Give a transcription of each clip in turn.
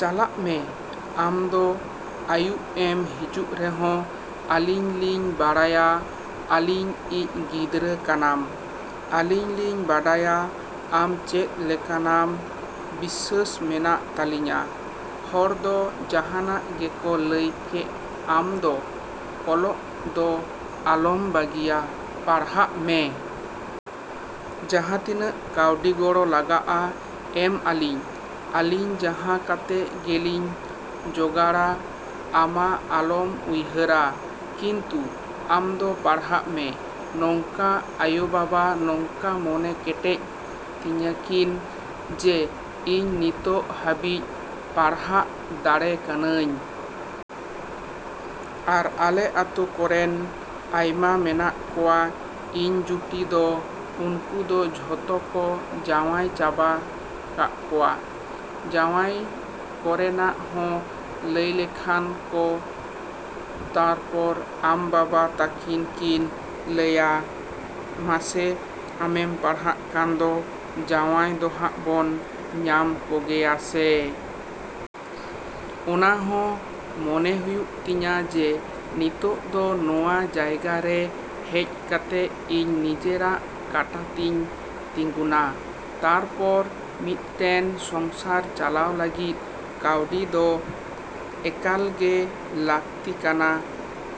ᱪᱟᱞᱟᱜ ᱢᱮ᱾ ᱟᱢ ᱫᱚ ᱟᱹᱭᱩᱵ ᱮᱢ ᱦᱤᱡᱩᱜ ᱨᱮᱦᱚᱸ ᱟᱹᱞᱤᱧ ᱞᱤᱧ ᱵᱟᱲᱟᱭᱟ ᱟᱹᱞᱤᱧ ᱤᱡ ᱜᱤᱫᱽᱨᱟᱹ ᱠᱟᱱᱟᱢ᱾ ᱟᱹᱞᱤᱧ ᱞᱤᱧ ᱵᱟᱰᱟᱭᱟ ᱟᱢ ᱪᱮᱫ ᱞᱮᱠᱟᱱᱟᱢ ᱵᱤᱥᱥᱟᱹᱥ ᱢᱮᱱᱟᱜ ᱛᱟᱹᱞᱤᱧᱟ᱾ ᱦᱚᱲ ᱫᱚ ᱡᱟᱦᱟᱱᱟᱜ ᱜᱮᱠᱚ ᱞᱟᱹᱭ ᱠᱮᱜ ᱟᱢ ᱫᱚ ᱚᱞᱚᱜ ᱫᱚ ᱟᱞᱚᱢ ᱵᱟᱹᱜᱤᱭᱟ ᱯᱟᱲᱦᱟᱜ ᱢᱮ᱾ ᱡᱟᱦᱟᱸ ᱛᱤᱱᱟᱹᱜ ᱠᱟᱹᱣᱰᱤ ᱜᱚᱲᱚ ᱞᱟᱜᱟᱜᱼᱟ ᱮᱢ ᱟᱹᱞᱤᱧ ᱟᱹᱞᱤᱧ ᱡᱟᱦᱟᱸ ᱠᱟᱛᱮ ᱜᱮᱞᱤᱧ ᱡᱚᱜᱟᱲᱟ ᱟᱢᱟ ᱟᱞᱚᱢ ᱩᱭᱦᱟᱹᱨᱟ ᱠᱤᱱᱛᱩ ᱟᱢᱫᱚ ᱯᱟᱲᱦᱟᱜ ᱢᱮ᱾ ᱱᱚᱝᱠᱟ ᱟᱭᱳᱼᱵᱟᱵᱟ ᱱᱚᱝᱠᱟ ᱢᱚᱱᱮ ᱠᱮᱴᱮᱡ ᱛᱤᱧᱟ ᱠᱤᱱ ᱡᱮ ᱤᱧ ᱱᱤᱛᱚᱜ ᱦᱟᱹᱵᱤᱡ ᱯᱟᱲᱦᱟᱜ ᱫᱟᱲᱮ ᱠᱟᱹᱱᱟᱹᱧ᱾ ᱟᱨ ᱟᱞᱮ ᱟᱛᱳ ᱠᱚᱨᱮᱱ ᱟᱭᱢᱟ ᱢᱮᱱᱟᱜ ᱠᱚᱣᱟ ᱤᱧ ᱡᱩᱴᱤ ᱫᱚ ᱩᱱᱠᱩ ᱫᱚ ᱡᱷᱚᱛᱚ ᱠᱚ ᱡᱟᱶᱟᱭ ᱪᱟᱵᱟ ᱠᱟᱜ ᱠᱚᱣᱟ᱾ ᱡᱟᱶᱟᱭ ᱠᱚᱨᱮᱱᱟᱜ ᱦᱚᱸ ᱞᱟᱹᱭ ᱞᱮᱠᱷᱟᱱ ᱠᱚ ᱛᱟᱨᱯᱚᱨ ᱟᱢ ᱵᱟᱵᱟ ᱛᱟᱠᱤᱱ ᱠᱤᱱ ᱞᱟᱹᱭᱟ ᱢᱟᱥᱮ ᱟᱢᱮᱢ ᱯᱟᱲᱦᱟᱜ ᱠᱟᱱ ᱫᱚ ᱡᱟᱶᱟᱭ ᱫᱚᱦᱟᱜ ᱵᱚᱱ ᱧᱟᱢ ᱠᱚᱜᱮᱭᱟᱥᱮ᱾ ᱚᱱᱟᱦᱚᱸ ᱢᱚᱱᱮ ᱦᱩᱭᱩᱜ ᱛᱤᱧᱟ ᱡᱮ ᱱᱤᱛᱚᱜ ᱫᱚ ᱱᱚᱣᱟ ᱡᱟᱭᱜᱟ ᱨᱮ ᱦᱮᱡ ᱠᱟᱛᱮ ᱤᱧ ᱱᱤᱡᱮᱨᱟᱜ ᱠᱟᱴᱟ ᱛᱤᱧ ᱛᱤᱸᱜᱩᱱᱟ ᱛᱟᱨᱯᱚᱨ ᱢᱤᱫᱴᱮᱱ ᱥᱚᱝᱥᱟᱨ ᱪᱟᱞᱟᱣ ᱞᱟᱹᱜᱤᱫ ᱠᱟᱹᱣᱰᱤ ᱫᱚ ᱮᱠᱟᱞᱜᱮ ᱞᱟᱹᱠᱛᱤ ᱠᱟᱱᱟ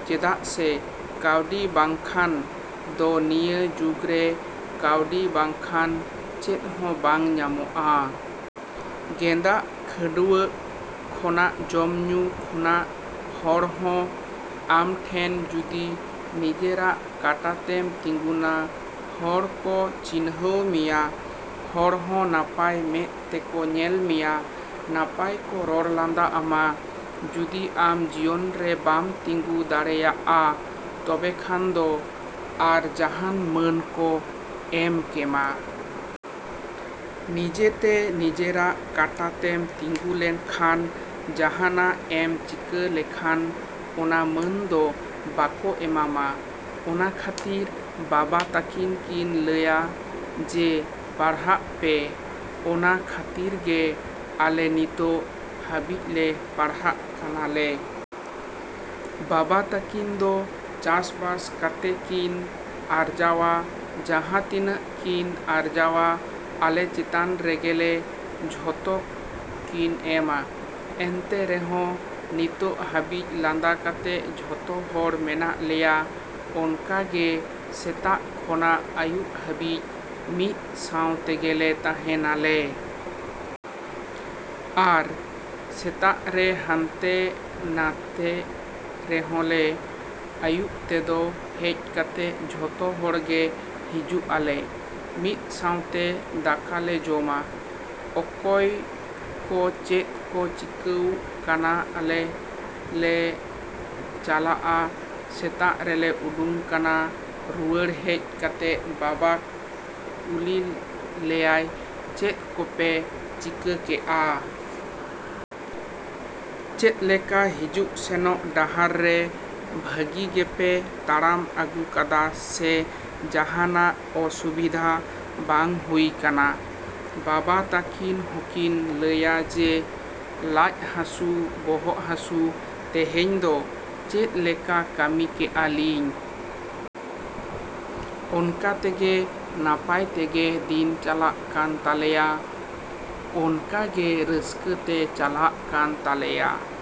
ᱪᱮᱫᱟᱜ ᱥᱮ ᱠᱟᱹᱣᱰᱤ ᱵᱟᱝᱠᱷᱟᱱ ᱫᱚ ᱱᱤᱭᱟᱹ ᱡᱩᱜᱽᱨᱮ ᱠᱟᱹᱣᱰᱤ ᱵᱟᱝᱠᱷᱟᱱ ᱪᱮᱫ ᱦᱚᱸ ᱵᱟᱝ ᱧᱟᱢᱚᱜᱼᱟ᱾ ᱜᱮᱸᱫᱟᱜ ᱠᱷᱟᱹᱰᱩᱣᱟᱹᱜ ᱠᱷᱚᱱᱟᱜ ᱡᱚᱢ ᱧᱩ ᱠᱷᱚᱱᱟᱜ ᱦᱚᱲ ᱦᱚᱸ ᱟᱢ ᱴᱷᱮᱱ ᱡᱩᱫᱤ ᱱᱤᱡᱮᱨᱟᱜ ᱠᱟᱴᱟ ᱛᱮᱢ ᱛᱤᱸᱜᱩᱱᱟ ᱦᱚᱲ ᱠᱚ ᱪᱤᱱᱦᱟᱹᱣ ᱢᱮᱭᱟ᱾ ᱦᱚᱲ ᱦᱚᱸ ᱱᱟᱯᱟᱭ ᱢᱮᱫ ᱛᱮᱠᱚ ᱧᱮᱞ ᱢᱮᱭᱟ, ᱱᱟᱯᱟᱭ ᱠᱚ ᱨᱚᱲ ᱞᱟᱸᱫᱟ ᱟᱢᱟ᱾ ᱡᱩᱫᱤ ᱟᱢ ᱡᱤᱭᱚᱱ ᱨᱮ ᱵᱟᱢ ᱛᱤᱸᱜᱩ ᱫᱟᱲᱮᱭᱟᱜᱼᱟ ᱛᱚᱵᱮ ᱠᱷᱟᱱ ᱫᱚ ᱟᱨ ᱡᱟᱦᱟᱱ ᱢᱟᱹᱱ ᱠᱚ ᱮᱢ ᱠᱮᱢᱟ᱾ ᱱᱤᱡᱮᱛᱮ ᱱᱤᱡᱮᱨᱟᱜ ᱠᱟᱴᱟ ᱛᱮᱢ ᱛᱤᱸᱜᱩ ᱞᱮᱱᱠᱷᱟᱱ ᱡᱟᱦᱟᱱᱟᱜ ᱮᱢ ᱪᱤᱠᱟᱹ ᱞᱮᱠᱷᱟᱱ ᱚᱱᱟ ᱢᱟᱹᱱ ᱫᱚ ᱵᱟᱠᱚ ᱮᱢᱟᱢᱟ᱾ ᱚᱱᱟ ᱠᱷᱟᱹᱛᱤᱨ ᱵᱟᱵᱟ ᱛᱟᱹᱠᱤᱱ ᱠᱤᱱ ᱞᱟᱹᱭᱟ ᱡᱮ ᱯᱟᱲᱦᱟᱜ ᱯᱮ᱾ ᱚᱱᱟ ᱠᱷᱟᱹᱛᱤᱨ ᱜᱮ ᱟᱞᱮ ᱱᱤᱛᱚᱜ ᱦᱟᱹᱵᱤᱡ ᱞᱮ ᱯᱟᱲᱦᱟᱜ ᱠᱟᱱᱟᱞᱮ᱾ ᱵᱟᱵᱟ ᱛᱟᱹᱠᱤᱱ ᱫᱚ ᱪᱟᱥᱼᱵᱟᱥ ᱠᱟᱛᱮ ᱠᱤᱱ ᱟᱨᱡᱟᱣᱟ᱾ ᱡᱟᱦᱟᱸ ᱛᱤᱱᱟᱹᱜ ᱠᱤᱱ ᱟᱨᱡᱟᱣᱟ ᱟᱞᱮ ᱪᱮᱛᱟᱱ ᱨᱮᱜᱮᱠᱤᱱ ᱡᱷᱚᱛᱚ ᱠᱤᱱ ᱮᱢᱟ᱾ ᱮᱱᱛᱮ ᱨᱮᱦᱚᱸ ᱱᱤᱛᱚᱜ ᱦᱟᱹᱵᱤᱡ ᱞᱟᱸᱫᱟ ᱠᱟᱛᱮ ᱡᱷᱚᱛᱚ ᱦᱚᱲ ᱢᱮᱱᱟᱜ ᱞᱮᱭᱟ᱾ ᱚᱱᱠᱟ ᱜᱮ ᱥᱮᱛᱟᱜ ᱠᱷᱚᱱᱟᱜ ᱟᱹᱭᱩᱵ ᱦᱟᱹᱵᱤᱡ ᱢᱤᱫ ᱥᱟᱶ ᱛᱮᱜᱮᱞᱮ ᱛᱟᱦᱮᱸ ᱱᱟᱞᱮ᱾ ᱟᱨ ᱥᱮᱛᱟᱜ ᱨᱮ ᱦᱟᱱᱛᱮ ᱱᱷᱟᱛᱮᱜ ᱨᱮᱦᱚᱸ ᱞᱮ ᱟᱹᱭᱩᱵ ᱛᱮᱫᱚ ᱦᱮᱡ ᱠᱟᱛᱮ ᱡᱷᱚᱛᱚ ᱦᱚᱲᱜᱮ ᱦᱤᱡᱩᱜ ᱟᱞᱮ᱾ ᱢᱤᱫ ᱥᱟᱶᱛᱮ ᱫᱟᱠᱟᱞᱮ ᱡᱚᱢᱟ᱾ ᱚᱠᱚᱭ ᱠᱚ ᱪᱮᱫ ᱠᱚ ᱪᱤᱠᱟᱹᱣ ᱠᱟᱱᱟ ᱟᱞᱮ ᱞᱮ ᱪᱟᱞᱟᱜᱼᱟ ᱥᱮᱛᱟᱜ ᱨᱮᱞᱮ ᱩᱰᱩᱝ ᱠᱟᱱᱟ᱾ ᱨᱩᱣᱟᱹᱲ ᱦᱮᱡ ᱠᱟᱛᱮ ᱵᱟᱵᱟ ᱠᱩᱞᱤ ᱞᱮᱭᱟᱭ ᱪᱮᱫ ᱠᱚᱯᱮ ᱪᱤᱠᱟᱹ ᱠᱮᱜᱼᱟ? ᱪᱮᱫ ᱞᱮᱠᱟ ᱦᱤᱡᱩᱜ ᱥᱮᱱᱚᱜ ᱰᱟᱦᱟᱨ ᱨᱮ ᱵᱷᱟᱹᱜᱤ ᱜᱮᱯᱮ ᱛᱟᱲᱟᱢ ᱟᱹᱜᱩ ᱠᱟᱫᱟ ᱥᱮ ᱡᱟᱦᱟᱱᱟᱜ ᱚᱥᱩᱵᱤᱫᱷᱟ ᱵᱟᱝ ᱦᱩᱭ ᱠᱟᱱᱟ᱾ ᱵᱟᱵᱟ ᱛᱟᱹᱠᱤᱱ ᱦᱚᱸᱠᱤᱱ ᱞᱟᱹᱭᱟ ᱡᱮ ᱞᱟᱡ ᱦᱟᱹᱥᱩ ᱵᱚᱦᱚᱜ ᱦᱟᱹᱥᱩ ᱛᱮᱦᱮᱧ ᱫᱚ ᱪᱮᱫ ᱞᱮᱠᱟ ᱠᱟᱹᱢᱤ ᱠᱮᱜᱼᱟ ᱞᱤᱧ᱾ ᱚᱱᱠᱟ ᱛᱮᱜᱮ ᱱᱟᱯᱟᱭ ᱛᱮᱜᱮ ᱫᱤᱱ ᱪᱟᱞᱟᱜ ᱠᱟᱱ ᱛᱟᱞᱮᱭᱟ᱾ ᱚᱱᱠᱟᱜᱮ ᱨᱟᱹᱥᱠᱟᱹ ᱛᱮ ᱪᱟᱞᱟᱜ ᱠᱟᱱ ᱛᱟᱞᱮᱭᱟ᱾।